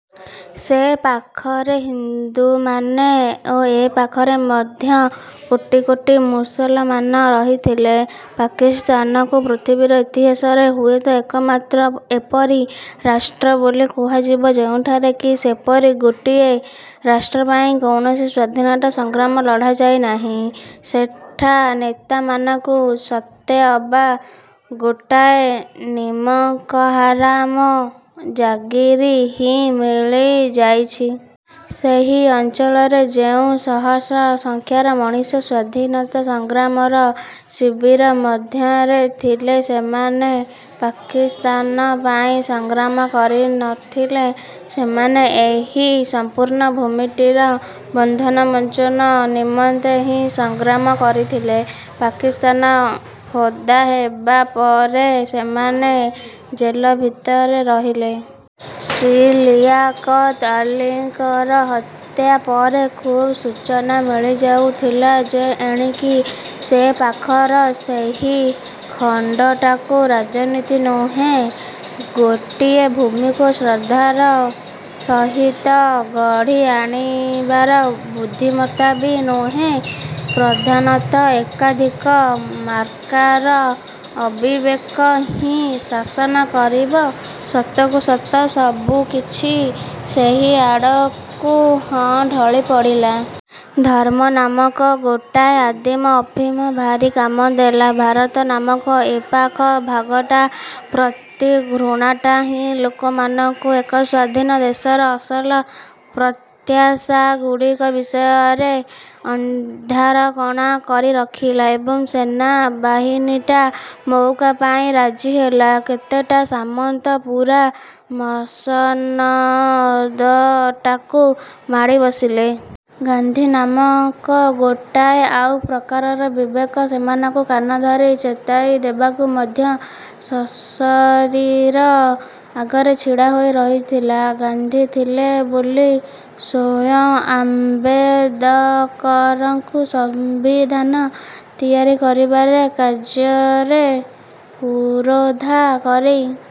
ସେ ପାଖରେ ହିନ୍ଦୁମାନେ ଓ ଏପାଖରେ ମଧ୍ୟ କୋଟି କୋଟି ମୁସଲମାନ ରହିଥିଲେ। ପାକିସ୍ତାନକୁ ପୃଥିବୀର ଇତିହାସରେ ହୁଏତ ଏକମାତ୍ର ଏପରି ରାଷ୍ଟ୍ର ବୋଲି କୁହାଯିବ ଯେଉଁଠାରେ କି ସେପରି ଗୋଟିଏ ରାଷ୍ଟ୍ର ପାଇଁ କୌଣସି ସ୍ୱାଧୀନତା ସଂଗ୍ରାମ ଲଢ଼ାଯାଇ ନାହିଁ। ସେଠା ନେତାମାନଙ୍କୁ ସତେଅବା ଗୋଟାଏ ନିମକହାରାମ ଜାଗିରି ହିଁ ମିଳିଯାଇଛି। ସେହି ଅଞ୍ଚଳରେ ଯେଉଁ ସହସ୍ର ସଂଖ୍ୟାର ମଣିଷ ସ୍ଵାଧୀନତା ସଂଗ୍ରାମର ଶିବିର ମଧ୍ୟରେ ଥିଲେ ସେମାନେ ପାକିସ୍ତାନ ପାଇଁ ସଂଗ୍ରାମ କରିନଥିଲେ, ସେମାନେ ଏହି ସମ୍ପୂର୍ଣ୍ଣ ଭୂମିଟିର ବନ୍ଧନମୋଚନ ନିମନ୍ତେ ହିଁ ସଂଗ୍ରାମ କରିଥିଲେ। ପାକିସ୍ତାନ ଫନ୍ଦା ହେବା ପରେ ସେମାନେ ଜେଲ ଭିତରେ ରହିଲେ। ଶ୍ରୀ ଲିଆକତ୍ ଅଲ୍ଲୀଙ୍କର ହତ୍ୟା ପରେ ଖୁବ୍ ସୂଚନା ମିଳିଯାଉଥିଲା ଯେ ଏଣିକି ସେପାଖର ସେହି ଖଣ୍ଡଟାକୁ ରାଜନୀତି ନୁହେଁ, ଗୋଟିଏ ଭୂମିକୁ ଶ୍ରଦ୍ଧାର ସହିତ ଗଢ଼ି ଆଣିବାର ବୁଦ୍ଧିମତ୍ତା ବି ନୁହେଁ, ପ୍ରଧାନତଃ ଏକାଧିକ ମାର୍କାର ଅବିବେକ ହିଁ ଶାସନ କରିବ। ସତକୁ ସତ ସବୁ କିଛି ସେହି ଆଡ଼କୁ ହଁ ଢଳି ପଡ଼ିଲା। ଧର୍ମ ନାମକ ଗୋଟାଏ ଆଦିମ ଅଫିମ ଭାରି କାମ ଦେଲା। ଭାରତ ନାମକ ଏପାଖ ଭାଗଟା ପ୍ରତି ଘୃଣାଟା ହିଁ ଲୋକମାନଙ୍କୁ ଏକ ସ୍ୱାଧୀନ ଦେଶର ଅସଲ ପ୍ରତ୍ୟାଶାଗୁଡ଼ିକ ବିଷୟରେ ଅନ୍ଧାରକଣା କରି ରଖିଲା। ଏବଂ ସେନା ବାହିନୀଟା ମଉକା ପାଇଁ ରାଜି ହେଲା। କେତେଟା ସାମନ୍ତ ପୂରା ମସନଦଟାକୁ ମାଡ଼ି ବସିଲେ। ଗାନ୍ଧୀ ନାମକ ଗୋଟାଏ ଆଉ ପ୍ରକାରର ବିବେକ ସେମାନଙ୍କୁ କାନ ଧରି ଚେତାଇ ଦେବାକୁ ମଧ୍ୟ ସଶରୀର ଆଗରେ ଛିଡ଼ା ହୋଇ ରହିଥିଲା। ଗାନ୍ଧୀ ଥିଲେ ବୋଲି ସ୍ୱୟଂ ଆମ୍ବେଦକରଙ୍କୁ ସମ୍ବିଧାନ ତିଆରି କରିବାର କାର୍ଯ୍ୟରେ ପୁରୋଧା କରି